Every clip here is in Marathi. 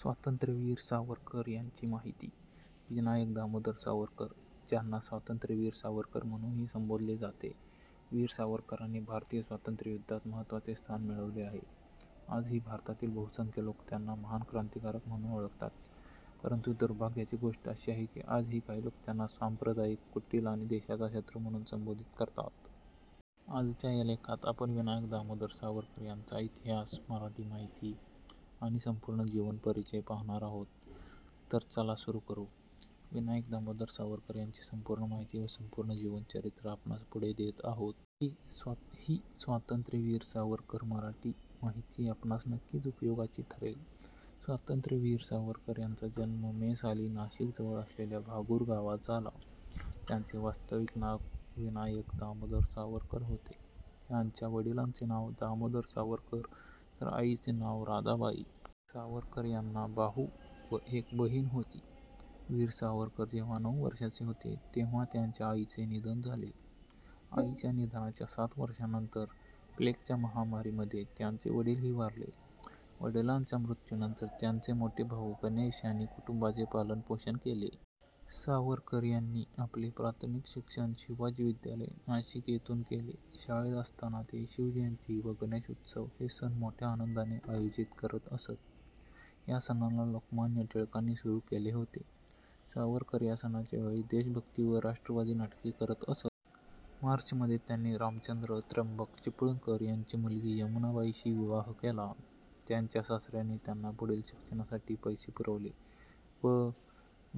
स्वातंत्र्यवीर सावरकर यांची माहिती -: विनायक दामोदर सावरकर ज्यांना स्वातंत्र्यवीर सावरकर म्हणूनही संबोधले जाते. वीर सावरकरांनी भारतीय स्वातंत्र्य युद्धात महत्वाचे स्थान मिळवले आहे. आजही भारतातील बहुसंख्य लोक त्यांना महान क्रांतिकारक म्हणून ओळखतात. परंतु दुर्भाग्याची गोष्ट अशी आहे की आजही काही लोक त्यांना सांप्रदायिक, कुटील आणि देशाचा शत्रू म्हणून संबोधित करतात. आजच्या या लेखात आपण विनायक दामोदर सावरकर यांचा इतिहास, मराठी माहिती आणि संपूर्ण जीवन परिचय पाहणार आहोत. तर चला सुरू करू... विनायक दामोदर सावरकर यांची संपूर्ण माहिती व संपूर्ण जीवन चरित्र आपणास पुढे देत आहोत. ही स्वातंत्र्यवीर सावरकर मराठी माहिती आपणास नक्कीच उपयोगाची ठरेल. स्वातंत्र्यवीर सावरकर यांचा जन्म मे साली नाशिक जवळ असलेल्या भागुर गावात झाला. त्यांचे वास्तविक नाव विनायक दामोदर सावरकर होते. त्यांच्या वडिलांचे नाव दामोदर सावरकर तर आईचे नाव राधाबाई. सावरकर यांना भाऊ व एक बहिण होती. वीर सावरकर जेव्हा नऊ वर्षाचे होते तेव्हा त्यांच्या आईचे निधन झाले. आईच्या निधनाच्या सात वर्षानंतर प्लेग च्या महामारी मध्ये त्यांचे वडीलही वारले. वडिलांचा मृत्यू नंतर त्यांचे मोठे भाऊ गणेश यांनी कुटुंबाचे पालनपोषण केले. सावरकर यांनी आपले प्राथमिक शिक्षण शिवाजी विद्यालय, नाशिक येथून केले. शाळेत असताना ते शिवजयंती व गणेश उत्सव हे सण मोठ्या आनंदाने आयोजित करत असत. या सणांना लोकमान्य टिळकांनी सुरू केले होते. सावरकर या सणाच्या वेळी देशभक्ती व राष्ट्रवादी नाटके करत असत. मार्च मध्ये त्यांनी रामचंद्र त्र्यंबक चिपळूणकर यांची मुलगी यमुनाबाई शी विवाह केला. त्यांच्या सासऱ्यानी त्यांना पुढील शिक्षणासाठी पैसे पुरवले. व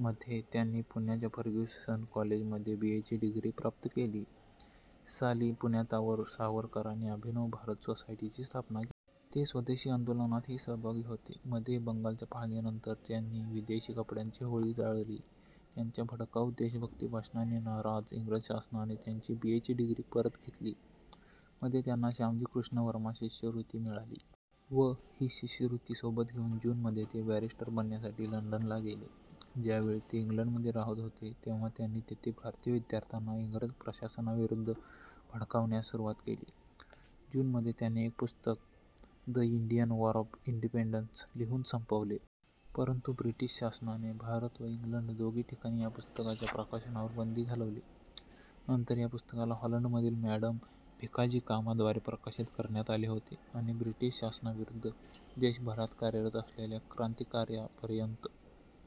मध्ये त्यांनी पुण्याच्या फर्ग्युसन कॉलेजमध्ये बीए ची डिग्री प्राप्त केली. साली पुण्यात सावरकरांनी अभिनव भारत सोसायटीची स्थापना केली. ते स्वदेशी आंदोलनातही सहभागी होते. मध्ये बंगालच्या फाळणीनंतर त्यांनी विदेशी कपड्यांची होळी जाळली. त्यांच्या भडकाऊ देशभक्ती भाषणांनी नाराज, इंग्रज शासनाने त्यांची बी ए ची डिग्री परत घेतली. मध्ये त्यांना श्यामजी कृष्ण वर्मा शिष्यवृत्ती मिळाली. व ही शिष्यवृत्ती सोबत घेऊन जून मध्ये ते बॅरिस्टर बनण्यासाठी लंडनला गेले. ज्यावेळी ते इंग्लंड मध्ये राहत होते तेव्हा त्यांनी तेथे भारतीय विद्यार्थ्यांना इंग्रज प्रशासनाविरुद्ध भडकावण्यास सुरुवात केली. जून मध्ये त्यांनी एक पुस्तक ' the Indian war of independence ' लिहून संपवले. परंतु ब्रिटिश शासनाने भारत व इंग्लंड दोघी ठिकाणी या पुस्तकाच्या प्रकाशनावर बंदी घालवली. नंतर या पुस्तकाला हॉलंड मधील मॅडम भीकाजिकामा द्वारे प्रकाशित करण्यात आले होते. आणि ब्रिटिश शासनाविरुद्ध देशभरात कार्यरत असलेल्या क्रांतिकार्या पर्यंत